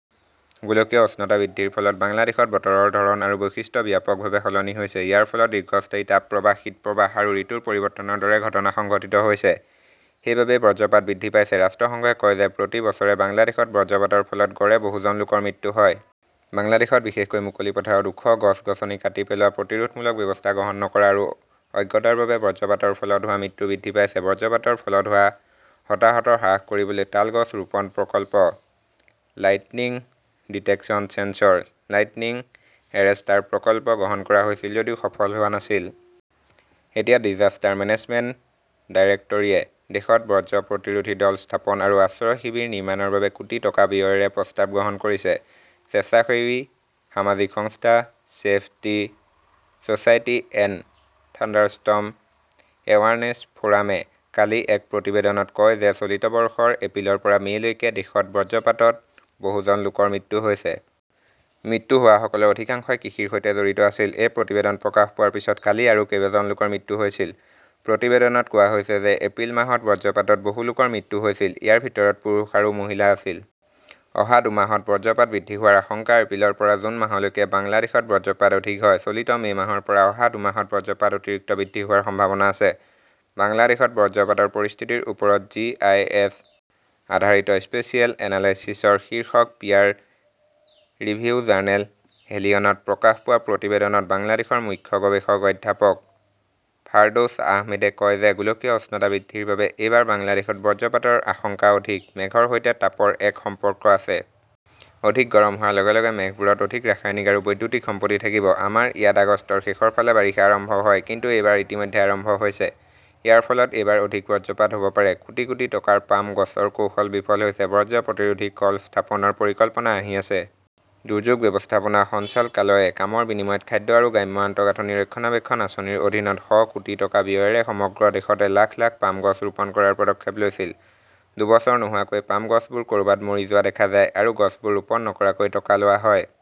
গোলকীয় উষ্ণতা বৃদ্ধিৰ ফলত বাংলাদেশত বতৰৰ ধৰণ আৰু বৈশিষ্ট্য ব্যাপকভাৱে সলনি হৈছে। ইয়াৰ ফলত দীৰ্ঘস্থায়ী তাপপ্ৰবাহ, শীতপ্ৰবাহ আৰু ঋতুৰ পৰিৱৰ্তনৰ দৰে ঘটনা সংঘটিত হৈছে। সেইবাবেই বজ্ৰপাত বৃদ্ধি পাইছে। ৰাষ্ট্ৰসংঘই কয় যে প্ৰতি বছৰে বাংলাদেশত বজ্ৰপাতৰ ফলত গড়ে বহুজন লোকৰ মৃত্যু হয়। বাংলাদেশত, বিশেষকৈ মুকলি পথাৰত ওখ গছ-গছনি কাটি পেলোৱা, প্ৰতিৰোধমূলক ব্যৱস্থা গ্ৰহণ নকৰা আৰু অজ্ঞতাৰ বাবে বজ্ৰপাতৰ ফলত হোৱা মৃত্যু বৃদ্ধি পাইছে। বজ্ৰপাতৰ ফলত হোৱা হতাহত হ্ৰাস কৰিবলৈ তাল গছ ৰোপণ প্ৰকল্প, lightning detection sensor, lightning arrester প্ৰকল্প গ্ৰহণ কৰা হৈছিল যদিও সফল হোৱা নাছিল। এতিয়া ডিজাস্টাৰ মেনেজমেণ্ট ডাইৰেক্টৰীয়ে দেশত বজ্ৰ প্ৰতিৰোধী দল স্থাপন আৰু আশ্ৰয় শিবিৰ নিৰ্মাণৰ বাবে কোটি টকা ব্যয়েৰে প্ৰস্তাৱ গ্ৰহণ কৰিছে। স্বেচ্ছাসেৱী সামাজিক সংস্থা Save the "Society and Thunderstorm Awareness ফ" ৰামে কালি এক প্ৰতিবেদনত কয় যে চলিত বৰ্ষৰ এপ্ৰিলৰ পৰা মে' লৈকে দেশত বজ্ৰপাতত বহুজন লোকৰ মৃত্যু হৈছে। মৃত্যু হোৱাসকলৰ অধিকাংশই কৃষিৰ সৈতে জড়িত আছিল। এই প্ৰতিবেদন প্ৰকাশ পোৱাৰ পিছত কালি আৰু কেইবাজন লোকৰ মৃত্যু হৈছিল। প্ৰতিবেদনত কোৱা হৈছে যে এপ্ৰিল মাহত বজ্ৰপাতত বহু লোকৰ মৃত্যু হৈছিল। ইয়াৰ ভিতৰত পুৰুষ আৰু মহিলা আছিল। অহা দুমাহত বজ্ৰপাত বৃদ্ধি হোৱাৰ আশংকা এপ্ৰিলৰ পৰা জুন মাহলৈকে বাংলাদেশত বজ্ৰপাত অধিক হয়। চলিত মে' মাহৰ পৰা অহা দুমাহত বজ্ৰপাত অতিৰিক্ত বৃদ্ধি হোৱাৰ সম্ভাৱনা আছে। "বাংলাদেশত বজ্ৰপাতৰ পৰিস্থিতিৰ ওপৰত জি. আই. এছ. -আধাৰিত স্পেচিয়েল এনালাইচিছ "ৰ শীৰ্ষক পিয়াৰ-ৰিভিউ জাৰ্নেল হেলিয়নত প্ৰকাশ পোৱা প্ৰতিবেদনত বাংলাদেশৰ মুখ্য গৱেষক অধ্যাপক ফাৰ্ডৌছ আহমেদে কয় যে গোলকীয় উষ্ণতা বৃদ্ধিৰ বাবে এইবাৰ বাংলাদেশত বজ্ৰপাতৰ আশংকা অধিক। মেঘৰ সৈতে তাপৰ এক সম্পৰ্ক আছে। অধিক গৰম হোৱাৰ লগে লগে মেঘবোৰত অধিক ৰাসায়নিক আৰু বৈদ্যুতিক সম্পত্তি থাকিব। আমাৰ ইয়াত আগষ্টৰ শেষৰ ফালে বাৰিষা আৰম্ভ হয়। কিন্তু এইবাৰ ইতিমধ্যে আৰম্ভ হৈছে। ইয়াৰ ফলত এইবাৰ অধিক বজ্ৰপাত হ'ব পাৰে। কোটি কোটি টকাৰ পাম গছৰ কৌশল বিফল হৈছে, বজ্ৰ প্ৰতিৰোধী কল স্থাপনৰ পৰিকল্পনা আহি আছে। দুৰ্যোগ ব্যৱস্থাপনা সঞ্চালকালয়ে কামৰ বিনিময়ত খাদ্য আৰু গ্ৰাম্য আন্তঃগাঁথনি ৰক্ষণাবেক্ষণ আঁচনিৰ অধীনত শ কোটি টকা ব্যয়েৰে সমগ্ৰ দেশতে লাখ লাখ পাম গছ ৰোপণ কৰাৰ পদক্ষেপ লৈছিল। দুবছৰ নোহোৱাকৈ, পাম গছবোৰ ক "ৰবাত মৰি যোৱা দেখা যায়, আৰু গছবোৰ ৰোপণ নকৰাকৈ টকা লোৱা হয়।